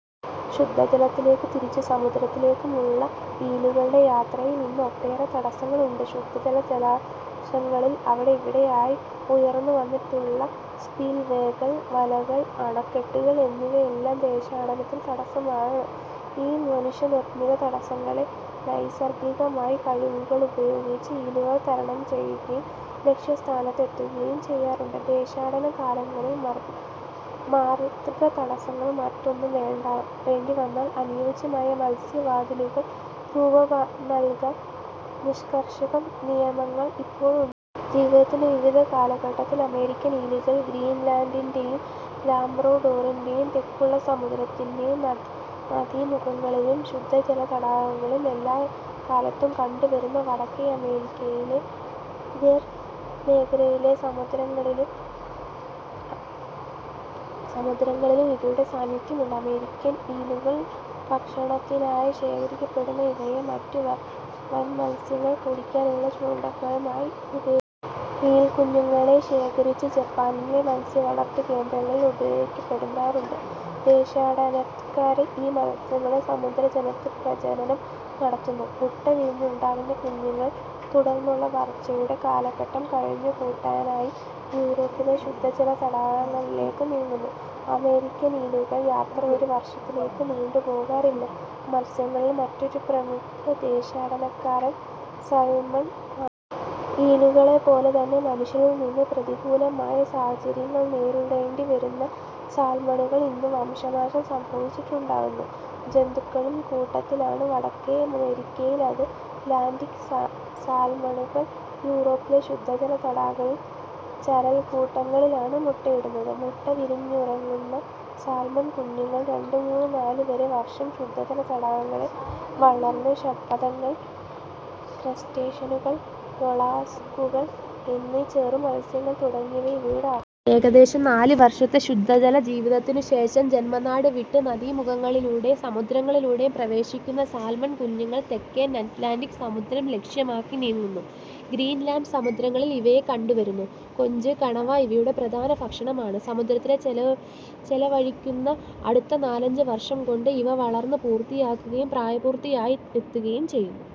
ശുദ്ധജലത്തിലേക്കും തിരിച്ച് സമുദ്രത്തിലേക്കും ഉള്ള ഈലുകളുടെ യാത്രയ്ക്ക് ഇന്ന് ഒട്ടേറെ തടസ്സങ്ങൾ ഉണ്ട്. ശുദ്ധജല ജലാശയങ്ങളിൽ അവിടവിടെ ആയി ഉയർന്നുവന്നിട്ടുള്ള സ്പിൽവേകൾ, വലകൾ, അണക്കെട്ടുകൾ എന്നിവയെല്ലാം ദേശാടനത്തിന് തടസ്സങ്ങളാണ്. ഈ മനുഷ്യനിർമിത തടസ്സങ്ങളെ നൈസർഗികമായ കഴിവുകളുപയോഗിച്ച് ഈലുകൾ തരണം ചെയ്യുകയും ലക്ഷ്യസ്ഥാനത്ത് എത്തുകയും ചെയ്യാറുണ്ട്. ദേശാടന കാലങ്ങളിൽ മാർഗതടസ്സങ്ങൾ മാറ്റാനും, വേണ്ടിവന്നാൽ അനുയോജ്യമായ 'മത്സ്യ വാതിലുകൾക്ക്' രൂപംനല്കാനും നിഷ്കർഷിക്കുന്ന നിയമങ്ങൾ ഇപ്പോൾ ഉണ്ട്. ജീവിതത്തിന്റെ വിവിധകാല ഘട്ടങ്ങളിലുള്ള അമേരിക്കൻ ഈലുകൾ ഗ്രീൻലൻഡിന്റെയും ലാബ്രഡോറിന്റെയും തെക്കുള്ള സമുദ്രത്തിലും നദീമുഖങ്ങളിലും ശുദ്ധജല തടാകങ്ങളിലും എല്ലാക്കാലത്തും കണ്ടുവരുന്നു. വടക്കേ അമേരിക്കയിലെയും ഗൾഫ് മേഖലയിലെയും സമുദ്രങ്ങളിലും ഇവയുടെ സാന്നിധ്യം ഉണ്ട്. അമേരിക്കൻ ഈലുകൾ ഭക്ഷണത്തിനായി ശേഖരിക്കപ്പെടുന്നു. ഇവയെ മറ്റു വൻമത്സ്യങ്ങളെ കുടിക്കാനുള്ള ചൂണ്ടയിലെ ഇരകളായും ഉപയോഗിക്കാറുണ്ട്. ഈൽക്കുഞ്ഞുങ്ങളെ ശേഖരിച്ച് ജപ്പാനിലെ മത്സ്യവളർത്തൽ കേന്ദ്രങ്ങളിൽ ഉപയോഗപ്പെടുത്താറുണ്ട്. ദേശാടനക്കാരായ ഈ മത്സ്യങ്ങളും സമുദ്രജലത്തിൽ പ്രജനനം നടത്തുന്നു. മുട്ട വിരിഞ്ഞുണ്ടാകുന്ന കുഞ്ഞുങ്ങൾ തുടർന്നുള്ള വളർച്ചയുടെ കാലഘട്ടം കഴിച്ചുകൂട്ടാനായി യൂറോപ്പിലെ ശുദ്ധജല തടാകങ്ങളിലേക്കു നീങ്ങുന്നു. അമേരിക്കൻ ഈലുകളുടെ യാത്ര ഒരു വർഷത്തിലധികം നീണ്ടുപോകാറില്ല. മത്സ്യങ്ങളിലെ മറ്റൊരു പ്രമുഖ ദേശാടനക്കാരൻ സാൽമൺ ആണ്. ഈലുകളെപ്പോലെതന്നെ മനുഷ്യനിൽനിന്നു പ്രതികൂലമായ സാഹചര്യങ്ങൾ നേരിടേണ്ടിവരുന്ന സാൽമണുകൾ ഇന്ന് വംശനാശം സംഭവിച്ചുകൊണ്ടിരിക്കുന്ന ജന്തുക്കളുടെ കൂട്ടത്തിലാണ്. വടക്കേ അമേരിക്കയിലെ അത് ലാന്റിക് സാൽമണുകൾ യൂറോപ്പിലെ ശുദ്ധജല തടാകങ്ങളിലെ ചരൽക്കൂട്ടങ്ങളിലാണ് മുട്ടയിടുക. മുട്ട വിരിഞ്ഞിറങ്ങുന്ന സാൽമൺ കുഞ്ഞുങ്ങൾ രണ്ടുമുതൽ നാലുവരെ വർഷം ശുദ്ധജല തടാകങ്ങളിൽ വളരുന്നു. ഷഡ്പദങ്ങൾ, ക്രസ്റ്റേഷ്യനുകൾ, മൊളസ്കുകൾ, മറ്റു ചെറു മത്സ്യങ്ങൾ തുടങ്ങിയവയാണ് ഇവയുടെ ആഹാരം. ഏകദേശം നാലുവർഷത്തെ ശുദ്ധജലജീവിതത്തിനുശേഷം ജന്മനാടു വിട്ട് നദീമുഖങ്ങളിലൂടെ സമുദ്രത്തിൽ പ്രവേശിക്കുന്ന സാൽമൺ കുഞ്ഞുങ്ങൾ തെക്കൻ അത് ലാന്റിക് സമുദ്രം ലക്ഷ്യമാക്കി നീങ്ങുന്നു. ഗ്രീൻലൻഡ് സമുദ്രങ്ങളിലും ഇവയെ കണ്ടുവരുന്നു. കൊഞ്ചും കണവയും ഇവയുടെ പ്രധാന ഭക്ഷണമാണ്. സമുദ്രത്തിൽ ചെലവഴിക്കുന്ന അടുത്ത നാലഞ്ചു വർഷംകൊണ്ട് ഇവ വളർച്ച പൂർത്തിയാക്കുകയും പ്രായപൂർത്തിയെത്തുകയും ചെയ്യുന്നു.